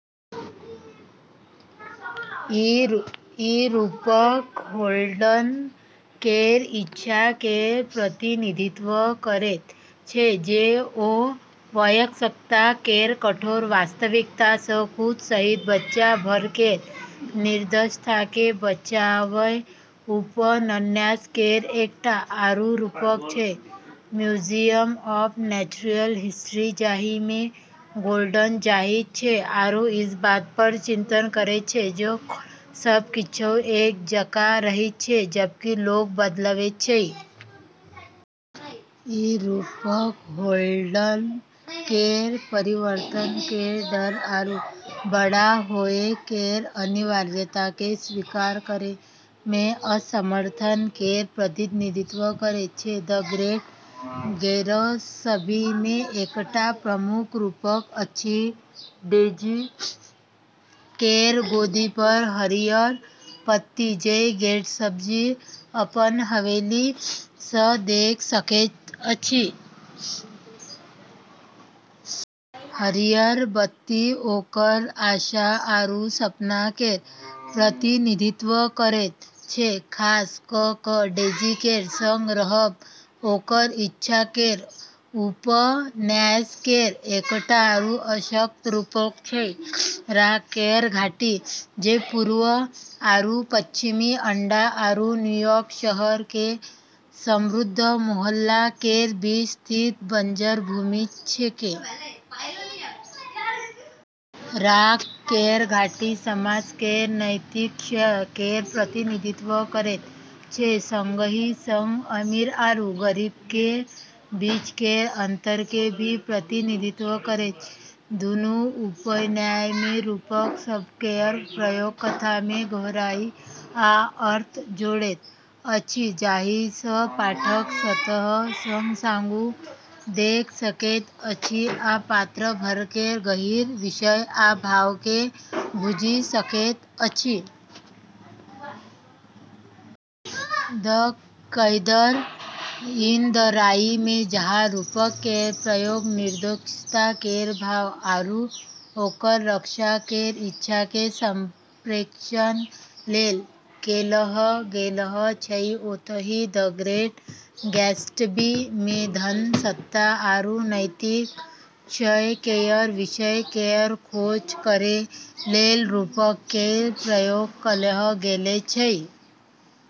ई रूपक होल्डन केर इच्छा केर प्रतिनिधित्व करैत छै जे ओ वयस्कता केर कठोर वास्तविकता सँ खुद सहित बच्चा सभ केर निर्दोषता केँ बचाबय। उपन्यास केर एकटा आरू रूपक छै म्यूजियम ऑफ नेचुरल हिस्ट्री, जाहि मे होल्डन जाइत छै आरू ई बात पर चिंतन करैत छै जे कोना सब किछु एक जकाँ रहैत छै जबकि लोक बदलैत छै। ई रूपक होल्डन केर परिवर्तन केर डर आरू बड़ होए केर अनिवार्यता केँ स्वीकार करै मे असमर्थता केर प्रतिनिधित्व करैत छै। "द ग्रेट गैट्सबी" मे एकटा प्रमुख रूपक अछि डेजी केर गोदी पर हरियर बत्ती, जे गैट्सबी अपन हवेली सँ देख सकैत छथि। हरियर बत्ती ओकर आशा आरू सपना केर प्रतिनिधित्व करैत छै, खास कऽ कऽ डेजी केर संग रहब ओकर इच्छा केर। उपन्यास केर एकटा आरू सशक्त रूपक छै राख केर घाटी, जे पूर्व आरू पश्चिमी अंडा आरू न्यूयॉर्क शहर केर समृद्ध मोहल्ला केर बीच स्थित बंजर भूमि छेकै। राख केर घाटी समाज केर नैतिक क्षय केर प्रतिनिधित्व करैत छै, संगही संग अमीर आरू गरीब केर बीच केर अंतर केर भी प्रतिनिधित्व करैत छै। दुनू उपन्यास मे रूपक सभ केर प्रयोग कथा मे गहराई आ अर्थ जोड़ैत अछि, जाहि सँ पाठक सतह सँ आगू देख सकैत छथि आ पात्र सभ केर गहींर विषय आ भाव केँ बुझि सकैत छथि। "द कैचर इन द राई" मे जहाँ रूपक केर प्रयोग निर्दोषता केर भाव आरू ओकर रक्षा केर इच्छा केर संप्रेषण लेल कएल गेल छै, ओतही "द ग्रेट गैट्सबी" मे धन, सत्ता, आरू नैतिक क्षय केर विषय केर खोज करै लेल रूपक केर प्रयोग कएल गेल छै।